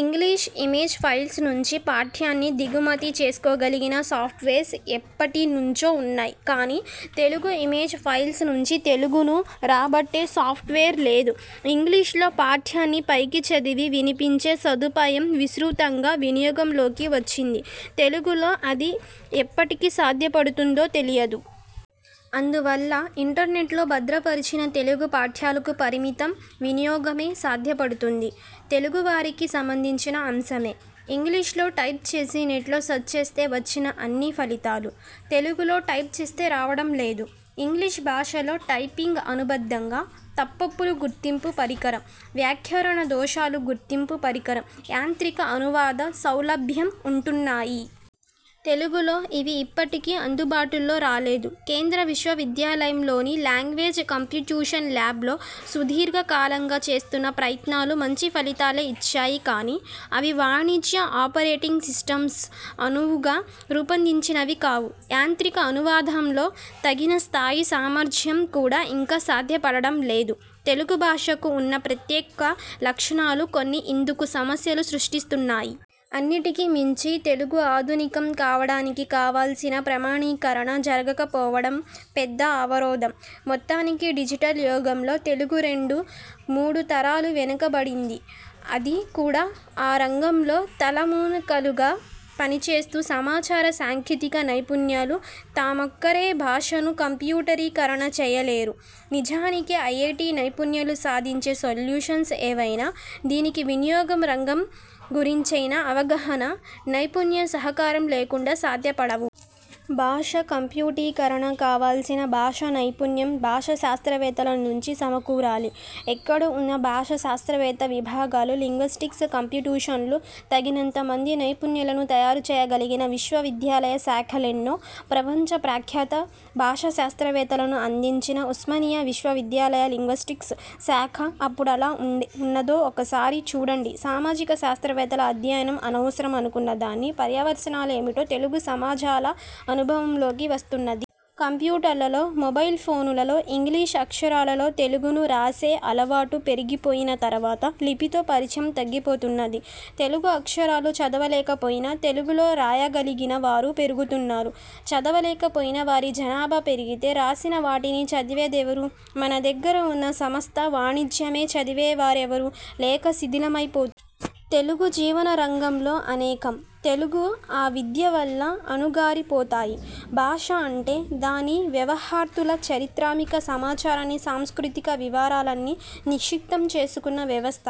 English image files నుంచి పాఠ్యాన్ని దిగుమతి చేసుకోగలిగిన సాఫ్ట్వేర్స్ ఎప్పటి నుంచో ఉన్నాయి కానీ, తెలుగు ఇమేజ్ ఫైల్స్ నుంచి తెలుగును రాబట్టే సాఫ్ట్వేర్ లేదు. ఇంగ్లీషులో పాఠ్యాన్ని పైకి చదివి వినిపించే సదుపాయం విస్తృతంగా వినియోగంలోకి వచ్చింది. తెలుగులో అది ఎప్పటికి సాధ్యపడుతుందో తెలియదు. అందువల్ల, ఇంటర్నెట్లో భద్రపరిచిన తెలుగు పాఠ్యాలకు పరిమిత వినియోగమే సాధ్యపడుతోంది. తెలుగువారికి సంబంధించిన అంశమే, ఇంగ్లీషులో టైప్చేసి నెట్లో సెర్చ్ చేస్తే వచ్చినన్ని ఫలితాలు, తెలుగులో టైప్ చేస్తే రావడం లేదు. ఇంగ్లీషు భాషలో టైపింగ్కు అనుబంధంగా, తప్పొప్పుల గుర్తింపు పరికరం, వ్యాకరణదోషాల గుర్తింపు పరికరం, యాంత్రిక అనువాద సౌలభ్యం ఉంటున్నాయి. తెలుగులో ఇవి ఇప్పటికీ అందుబాటులో రాలేదు. కేంద్రీయ విశ్వవిద్యాలయంలోని లాంగ్వేజ్ కంప్యూటేషన్ లాబ్లో సుదీర్ఘకాలంగా చేస్తున్న ప్రయత్నాలు మంచి ఫలితాలే ఇచ్చాయి కానీ, అవి వాణిజ్య ఆపరేటింగ్ సిస్టమ్స్కు అనువుగా రూపొందించినవి కావు. యాంత్రిక అనువాదంలో తగినస్థాయి సామర్థ్యం కూడా ఇంకా సాధ్యపడడంలేదు. తెలుగుభాషకు ఉన్న ప్రత్యేక లక్షణాలు కొన్ని ఇందుకు సమస్యలు సృష్టిస్తున్నాయి. అన్నిటికి మించి, తెలుగు ఆధునికం కావడానికి కావలసిన ప్రమాణీకరణ జరగకపోవడం పెద్ద అవరోధం. మొత్తానికి డిజిటల్ యుగంలో తెలుగు రెండు మూడు తరాలు వెనుకబడింది. అది కూడా, ఆ రంగంలో తలమునకలుగా పనిచేస్తూ. సమాచార సాంకేతిక నిపుణులు, తామొక్కరే భాషను కంప్యూటీకరణ చేయలేరు. నిజానికి ఐటీ నిపుణులు సాధించే సొల్యూషన్స్ ఏవైనా, దాని వినియోగ రంగం గురించిన అవగాహన, నైపుణ్య సహకారం లేకుండా సాధ్యపడవు. భాష కంప్యూటీకరణ కావలసిన భాషానైపుణ్యం భాషాశాస్త్రవేత్తల నుంచి సమకూరాలి. ఎక్కడున్నాయి భాషాశాస్త్ర విభాగాలు? లింగ్విస్టిక్స్ కంప్యూటేషన్లో తగినంత మంది నిపుణులను తయారుచేయగలిగిన విశ్వవిద్యాలయ శాఖలెన్ని? ప్రపంచ ప్రఖ్యాత భాషాశాస్త్రవేత్తలను అందించిన ఉస్మానియా విశ్వవిద్యాలయం లింగ్విస్టిక్స్ శాఖ ఇప్పుడెట్లా ఉన్నదో ఒకసారి చూడండి సామాజిక శాస్త్రాల అధ్యయనం అనవసరం అనుకున్న దాని పర్యవసానాలేమిటో తెలుగు సమాజాల అనుభవంలోకి వస్తున్నది. కంప్యూటర్లలో, మొబైల్ ఫోన్లలో ఇంగ్లీషు అక్షరాలలో తెలుగును రాసే అలవాటు పెరిగిపోయిన తరువాత, లిపితో పరిచయం తగ్గిపోతున్నది. తెలుగు అక్షరాలు చదవలేకపోయినా, తెలుగులో రాయగలిగిన వారు పెరుగుతున్నారు. చదవలేకపోయిన వారిజనాభా పెరిగితే, రాసిన వాటిని చదివేదెవరు? మన దగ్గర ఉన్న సమస్త వాఙ్మయమూ చదివేవారు లేక, శిథిలమై పోతుంది. తెలుగు జీవన రంగాలలో అనేకం, తెలుగు అవిద్య వల్ల అణగారిపోతాయి. భాష అంటే, దాని వ్యవహర్తల చారిత్రక సమాచారాన్ని, సాంస్కృతిక వివరాలను నిక్షిప్తం చేసుకున్న వ్యవస్థ.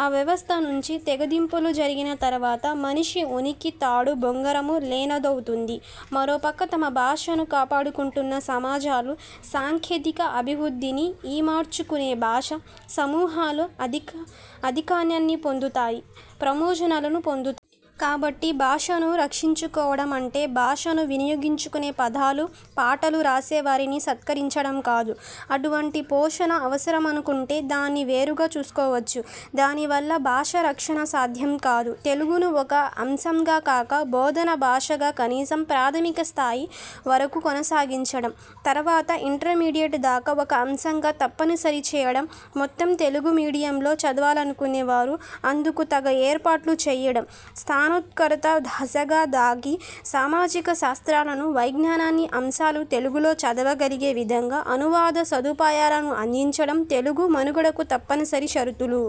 ఆ వ్యవస్థ నుంచి తెగదెంపులు జరిగిన తరవాత మనిషి ఉనికి తాడూ బొంగరమూ లేనిదవుతుంది. మరోపక్క, తమ భాషను కాపాడుకుంటున్న సమాజాలు, సాంకేతిక అభివృద్ధిని ఇముడ్చుకునే భాషా సమూహాలు ఆధిక్యాన్ని పొందుతాయి, ప్రయోజనాలనూ పొందుతాయి. కాబట్టి, భాషను రక్షించుకోవడం అంటే, భాషను వినియోగించుకుని పద్యాలూ పాటలూ రాసేవారిని సత్కరించడం కాదు. అటువంటి పోషణ అవసరమనుకుంటే దాన్ని వేరుగా చేసుకోవచ్చు. దాని వల్ల భాషారక్షణ సాధ్యం కాదు. తెలుగును ఒక అంశంగా కాక, బోధనా భాషగా కనీసం ప్రాథమిక స్థాయి వరకు కొనసాగించడం, తరువాత ఇంటర్మీడియేట్ దాకా ఒక అంశంగా తప్పనిసరి చేయడం, మొత్తం తెలుగు మీడియంలో చదవాలనుకునేవారికి అందుకు తగ్గ ఏర్పాట్లు చేయడం, స్నాతకోత్తర దశ దాకా సామాజిక శాస్త్రాలను, వైజ్ఞానిక అంశాలను తెలుగులో చదువగలిగే విధంగా అనువాద సదుపాయాలను అందించడం– తెలుగు మనుగడకు తప్పనిసరి షరతులు.